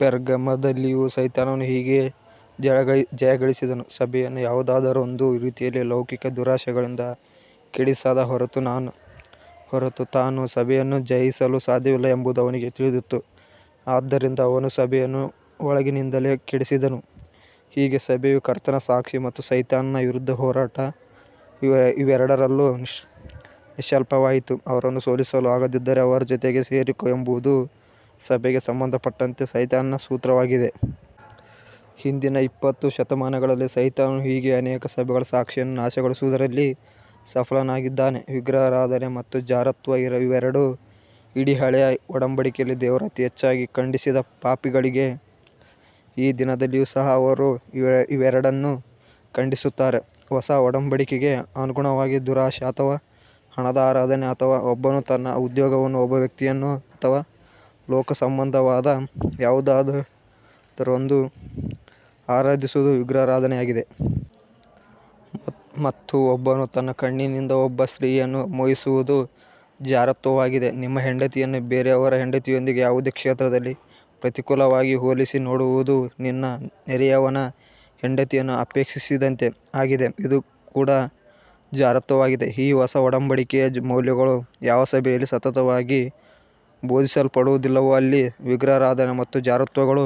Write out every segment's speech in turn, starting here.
ಪೆರ್ಗಮದಲ್ಲಿಯೂ ಸೈತಾನನು ಹೀಗೆಯೇ ಜಯಗಳಿಸಿದನು. ಸಭೆಯನ್ನು ಯಾವುದಾದರೊಂದು ರೀತಿಯಲ್ಲಿ ಲೌಕಿಕ ದುರಾಶೆಗಳಿಂದ ಕೆಡಿಸದ ಹೊರತು, ತಾನು ಸಭೆಯನ್ನು ಜಯಿಸಲು ಸಾಧ್ಯವಿಲ್ಲವೆಂಬುದು ಅವನಿಗೆ ತಿಳಿದಿತ್ತು. ಆದ್ದರಿಂದ ಅವನು ಸಭೆಯನ್ನು ಒಳಗಿನಿಂದಲೇ ಕೆಡಿಸಿದನು. ಹೀಗೆ ಸಭೆಯು ಕರ್ತನ ಸಾಕ್ಷಿ ಮತ್ತು ಸೈತಾನನ ವಿರುದ್ಧ ಹೋರಾಟ, ಇವೆರಡರಲ್ಲೂ ನಿಷ್ಫಲವಾಯಿತು. "ಅವರನ್ನು ಸೋಲಿಸಲು ಆಗದಿದ್ದರೆ, ಅವರ ಜೊತೆಗೆ ಸೇರಿಕೋ," ಎಂಬುದು ಸಭೆಗೆ ಸಂಬಂಧಪಟ್ಟಂತೆ ಸೈತಾನನ ಸೂತ್ರವಾಗಿದೆ. ಹಿಂದಿನ ಇಪ್ಪತ್ತು ಶತಮಾನಗಳಲ್ಲಿ, ಸೈತಾನನು ಹೀಗೆಯೇ ಅನೇಕ ಸಭೆಗಳ ಸಾಕ್ಷಿಯನ್ನು ನಾಶಗೊಳಿಸುವುದರಲ್ಲಿ ಸಫಲನಾಗಿದ್ದಾನೆ. ವಿಗ್ರಹಾರಾಧನೆ ಮತ್ತು ಜಾರತ್ವ ಇವೆರಡು, ಇಡೀ ಹಳೆಯ ಒಡಂಬಡಿಕೆಯಲ್ಲಿ ದೇವರು ಅತಿ ಹೆಚ್ಚಾಗಿ ಖಂಡಿಸಿದ ಪಾಪಗಳಾಗಿವೆ. ಈ ದಿನದಲ್ಲಿಯೂ ಸಹ ಅವರು ಇವೆರಡನ್ನು ಖಂಡಿಸುತ್ತಾರೆ. ಹೊಸ ಒಡಂಬಡಿಕೆಗೆ ಅನುಗುಣವಾಗಿ, ದುರಾಶೆ, ಅಥವಾ ಹಣದ ಆರಾಧನೆ, ಅಥವಾ ಒಬ್ಬನು ತನ್ನ ಉದ್ಯೋಗವನ್ನು, ಒಬ್ಬ ವ್ಯಕ್ತಿಯನ್ನು ಅಥವಾ ಲೋಕ ಸಂಬಂಧವಾದ ಯಾವುದನ್ನಾದರೂ ಆರಾಧಿಸುವುದು ವಿಗ್ರಹಾರಾಧನೆಯಾಗಿದೆ. ಮತ್ತು ಒಬ್ಬನು ತನ್ನ ಕಣ್ಣಿನಿಂದ ಒಬ್ಬ ಸ್ತ್ರೀಯನ್ನು ಮೋಹಿಸುವುದು ಜಾರತ್ವವಾಗಿದೆ. ನಿಮ್ಮ ಹೆಂಡತಿಯನ್ನು ಬೇರೆಯವರ ಹೆಂಡತಿಯೊಂದಿಗೆ ಯಾವುದೇ ಕ್ಷೇತ್ರದಲ್ಲಿ ಪ್ರತಿಕೂಲವಾಗಿ ಹೋಲಿಸಿ ನೋಡುವುದು, "ನಿನ್ನ ನೆರೆಯವನ ಹೆಂಡತಿಯನ್ನು ಅಪೇಕ್ಷಿಸಿದಂತೆ" ಆಗಿದೆ. ಇದು ಕೂಡ ಜಾರತ್ವವಾಗಿದೆ. ಈ ಹೊಸ ಒಡಂಬಡಿಕೆಯ ಮೌಲ್ಯಗಳು ಯಾವ ಸಭೆಯಲ್ಲಿ ಸತತವಾಗಿ ಬೋಧಿಸಲ್ಪಡುವುದಿಲ್ಲವೋ, ಅಲ್ಲಿ ವಿಗ್ರಹಾರಾಧನೆ ಮತ್ತು ಜಾರತ್ವಗಳು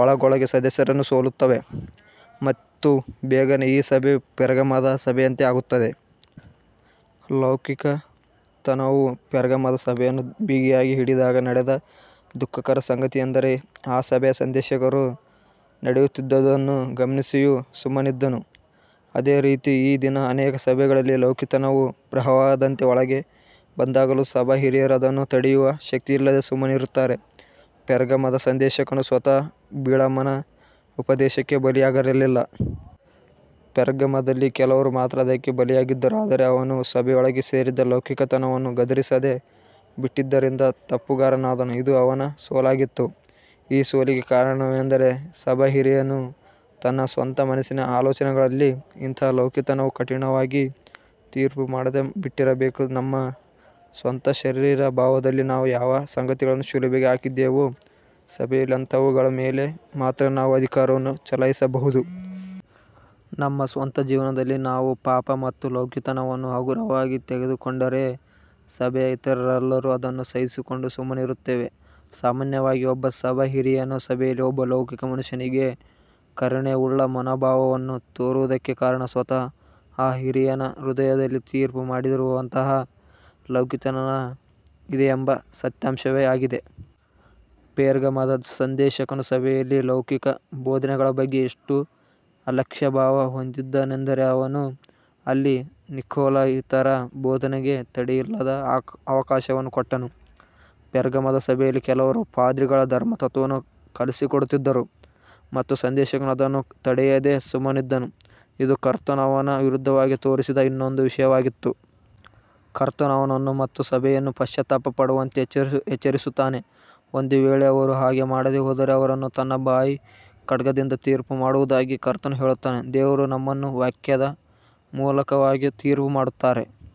ಒಳಗೊಳಗೇ ಸದಸ್ಯರನ್ನು ಸೋಲಿಸುತ್ತವೆ ಮತ್ತು ಬೇಗನೆ ಆ ಸಭೆಯು ಪೆರ್ಗಮದ ಸಭೆಯಂತೆ ಆಗುತ್ತದೆ. ಲೌಕಿಕತನವು ಪೆರ್ಗಮದ ಸಭೆಯನ್ನು ಬಿಗಿಯಾಗಿ ಹಿಡಿದಾಗ ನಡೆದ ದುಃಖಕರ ಸಂಗತಿಯೆಂದರೆ, ಆ ಸಭೆಯ ಸಂದೇಶಕನು ನಡೆಯುತ್ತಿದ್ದುದನ್ನು ಗಮನಿಸಿಯೂ ಸುಮ್ಮನಿದ್ದನು. ಅದೇ ರೀತಿ ಈ ದಿನ ಅನೇಕ ಸಭೆಗಳಲ್ಲಿ, ಲೌಕಿಕತನವು ಪ್ರವಾಹದಂತೆ ಒಳಗೆ ಬಂದಾಗಲೂ, ಸಭಾ ಹಿರಿಯರು ಅದನ್ನು ತಡೆಯುವ ಶಕ್ತಿಯಿಲ್ಲದೆ ಸುಮ್ಮನಿರುತ್ತಾರೆ. ಪೆರ್ಗಮದ ಸಂದೇಶಕನು ಸ್ವತಃ ಬಿಳಾಮನ ಉಪದೇಶಕ್ಕೆ ಬಲಿಯಾಗಿರಲಿಲ್ಲ. ಪೆರ್ಗಮದಲ್ಲಿ "ಕೆಲವರು" ಮಾತ್ರ ಅದಕ್ಕೆ ಬಲಿಯಾಗಿದ್ದರು. ಆದರೆ ಅವನು ಸಭೆಯೊಳಗೆ ಸೇರಿದ್ದ ಲೌಕಿಕತನವನ್ನು ಗದರಿಸದೇ ಬಿಟ್ಟದ್ದರಿಂದ ತಪ್ಪುಗಾರನಾದನು. ಇದು ಅವನ ಸೋಲಾಗಿತ್ತು. ಈ ಸೋಲಿಗೆ ಕಾರಣವೇನೆಂದರೆ, ಸಭಾಹಿರಿಯನು ತನ್ನ ಸ್ವಂತ ಮನಸ್ಸಿನ ಅಲೋಚನೆಗಳಲ್ಲಿ ಇಂತಹ ಲೌಕಿಕತನವನ್ನು ಕಠಿಣವಾಗಿ ತೀರ್ಪು ಮಾಡದೇ ಬಿಟ್ಟಿರಬೇಕು. ನಮ್ಮ ಸ್ವಂತ ಶರೀರಭಾವದಲ್ಲಿ ನಾವು ಯಾವ ಸಂಗತಿಗಳನ್ನು ಶಿಲುಬೆಗೆ ಹಾಕಿದ್ದೇವೋ, ಸಭೆಯಲ್ಲಿಯೂ ಅಂಥವುಗಳ ಮೇಲೆ ಮಾತ್ರ ನಾವು ಅಧಿಕಾರವನ್ನು ಚಲಾಯಿಸಬಹುದು. ನಮ್ಮ ಸ್ವಂತ ಜೀವನದಲ್ಲಿ ನಾವು ಪಾಪ ಮತ್ತು ಲೌಕಿಕತನವನ್ನು ಹಗುರವಾಗಿ ತೆಗೆದುಕೊಂಡರೆ, ಸಭೆಯ ಇತರರಲ್ಲೂ ಅದನ್ನು ಸಹಿಸಿಕೊಂಡು ಸುಮ್ಮನಿರುತ್ತೇವೆ. ಸಾಮಾನ್ಯವಾಗಿ ಒಬ್ಬ ಸಭಾ ಹಿರಿಯನು ಸಭೆಯಲ್ಲಿ ಒಬ್ಬ ಲೌಕಿಕ ಮನುಷ್ಯನಿಗೆ "ಕರುಣೆಯುಳ್ಳ" ಮನೋಭಾವವನ್ನು ತೋರುವುದಕ್ಕೆ ಕಾರಣ, ಸ್ವತಃ ಆ ಹಿರಿಯನ ಹೃದಯದಲ್ಲಿ ತೀರ್ಪು ಮಾಡದಿರುವಂತ ಲೌಕಿಕತನ ಇದೆಯೆಂಬ ಸತ್ಯಾಂಶವೇ ಆಗಿದೆ. ಪೆರ್ಗಮದ ಸಂದೇಶಕನು ಸಭೆಯಲ್ಲಿ ಲೌಕಿಕ ಬೋಧನೆಗಳ ಬಗ್ಗೆ ಎಷ್ಟು ಅಲಕ್ಷ್ಯಭಾವ ಹೊಂದಿದ್ದನೆಂದರೆ, ಅವನು ಅಲ್ಲಿ ನಿಕೊಲಾಯಿತರ ಬೋಧನೆಗೆ ತಡೆಯಿಲ್ಲದ ಅವಕಾಶವನ್ನು ಕೊಟ್ಟನು. ಪೆರ್ಗಮದ ಸಭೆಯಲ್ಲಿ ಕೆಲವರು ಪಾದ್ರಿಗಳ ಧರ್ಮತತ್ವವನ್ನು ಕಲಿಸಿಕೊಡುತ್ತಿದ್ದರು! ಮತ್ತು ಸಂದೇಶಕನು ಅದನ್ನು ತಡೆಯದೇ ಸುಮ್ಮನಿದ್ದನು. ಇದು ಕರ್ತನು ಅವನ ವಿರುದ್ಧವಾಗಿ ತೋರಿಸಿದ ಇನ್ನೊಂದು ವಿಷಯವಾಗಿತ್ತು. ಕರ್ತನು ಅವನನ್ನು ಮತ್ತು ಸಭೆಯನ್ನು ಪಶ್ಚಾತ್ತಾಪ ಪಡುವಂತೆ ಎಚ್ಚರಿಸುತ್ತಾನೆ. ಒಂದು ವೇಳೆ ಅವರು ಹಾಗೆ ಮಾಡದೇ ಹೋದರೆ, ಅವರನ್ನು ತನ್ನ ಬಾಯ ಖಡ್ಗದಿಂದ ತೀರ್ಪು ಮಾಡುವುದಾಗಿ ಕರ್ತನು ಹೇಳುತ್ತಾನೆ. ದೇವರು ನಮ್ಮನ್ನು ವಾಕ್ಯದ ಮೂಲಕವಾಗಿ ತೀರ್ಪು ಮಾಡುತ್ತಾರೆ.